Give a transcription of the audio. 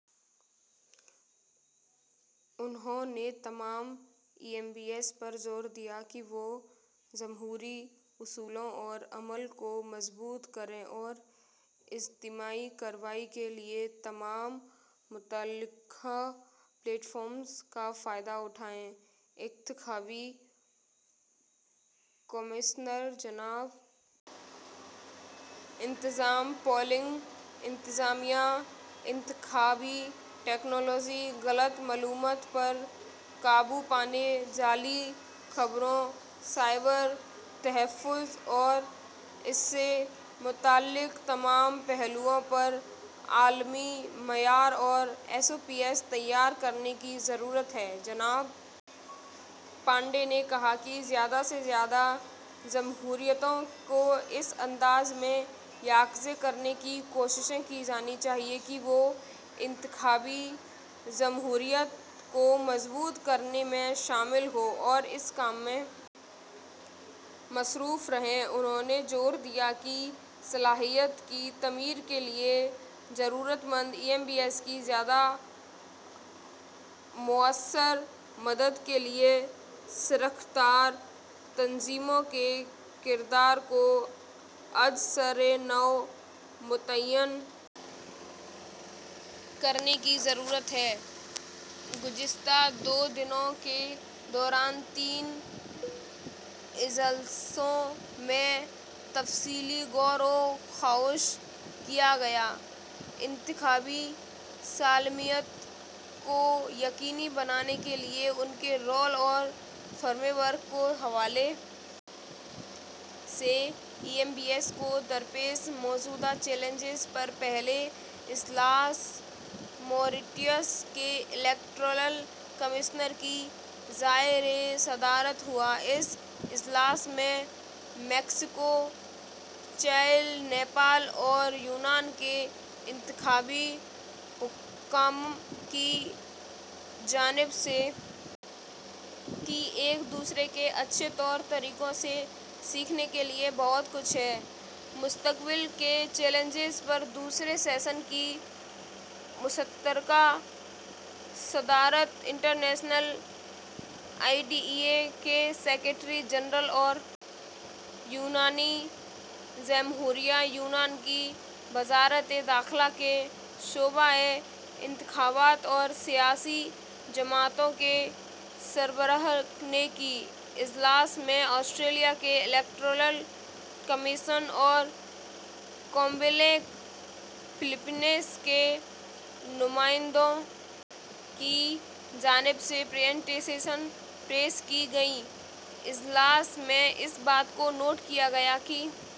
انہوں نے تمام ای ایم بیز پر زور دیا کہ وہ جمہوری اصولوں اور عمل کو مضبوط کریں اور اجتماعی کارروائی کے لیے تمام متعلقہ پلیٹ فارمز کا فائدہ اٹھائیں انتخابی کمشنر جناب انتظام پولنگ انتظامیہ انتخابی ٹیکنالوجی غلط معلومات پر قابو پانے جعلی خبروں سائبر تحفظ اور اس سے متعلقہ تمام پہلوؤں پر عالمی معیارات اور ایس او پیز تیار کرنے کی ضرورت ہے جناب پانڈے نے کہا کہ زیادہ سے زیادہ جمہوریتوں کو اس انداز میں یکجا کرنے کی کوششیں کی جانی چاہئیں کہ وہ انتخابی جمہوریت کو مضبوط کرنے میں شامل ہوں اور اس کام میں مصروف رہیں انہوں نے زور دیا کہ صلاحیت کی تعمیر کے لیے ضرورت مند ای ایم بیز کی زیادہ موثر مدد کے لیے شراکت دار تنظیموں کے کردار کو از سر نو متعین کرنے کی ضرورت ہے گزشتہ دو دنوں کے دوران تین اجلاسوں میں تفصیلی غور و خوض کیا گیا انتخابی سالمیت کو یقینی بنانے کے لیے ان کے رول اور فریم ورک کے حوالے سے ای ایم بیز کو درپیش موجودہ چیلنجز پر پہلا اجلاس ماریشس کے الیکٹورل کمشنر کی زیر صدارت ہوا اس اجلاس میں میکسیکو چلی نیپال اور یونان کے انتخابی حکام کی جانب سے کہ ایک دوسرے کے اچھے طور طریقوں سے سیکھنے کے لیے بہت کچھ ہے مستقبل کے چیلنجز پر دوسرے سیشن کی مشترکہ صدارت بین الاقوامی آئی ڈی ای اے کے سیکرٹری جنرل اور یونانی جمہوریہ یونان کی وزارت داخلہ کے شعبہ انتخابات اور سیاسی جماعتوں کے سربراہ نے کی اجلاس میں آسٹریلیا کے الیکٹورل کمیشن اور C O M E L E C Philippines کے نمائندوں کی جانب سے پریزنٹیشنز پیش کی گئیں اجلاس میں اس بات کو نوٹ کیا گیا کہ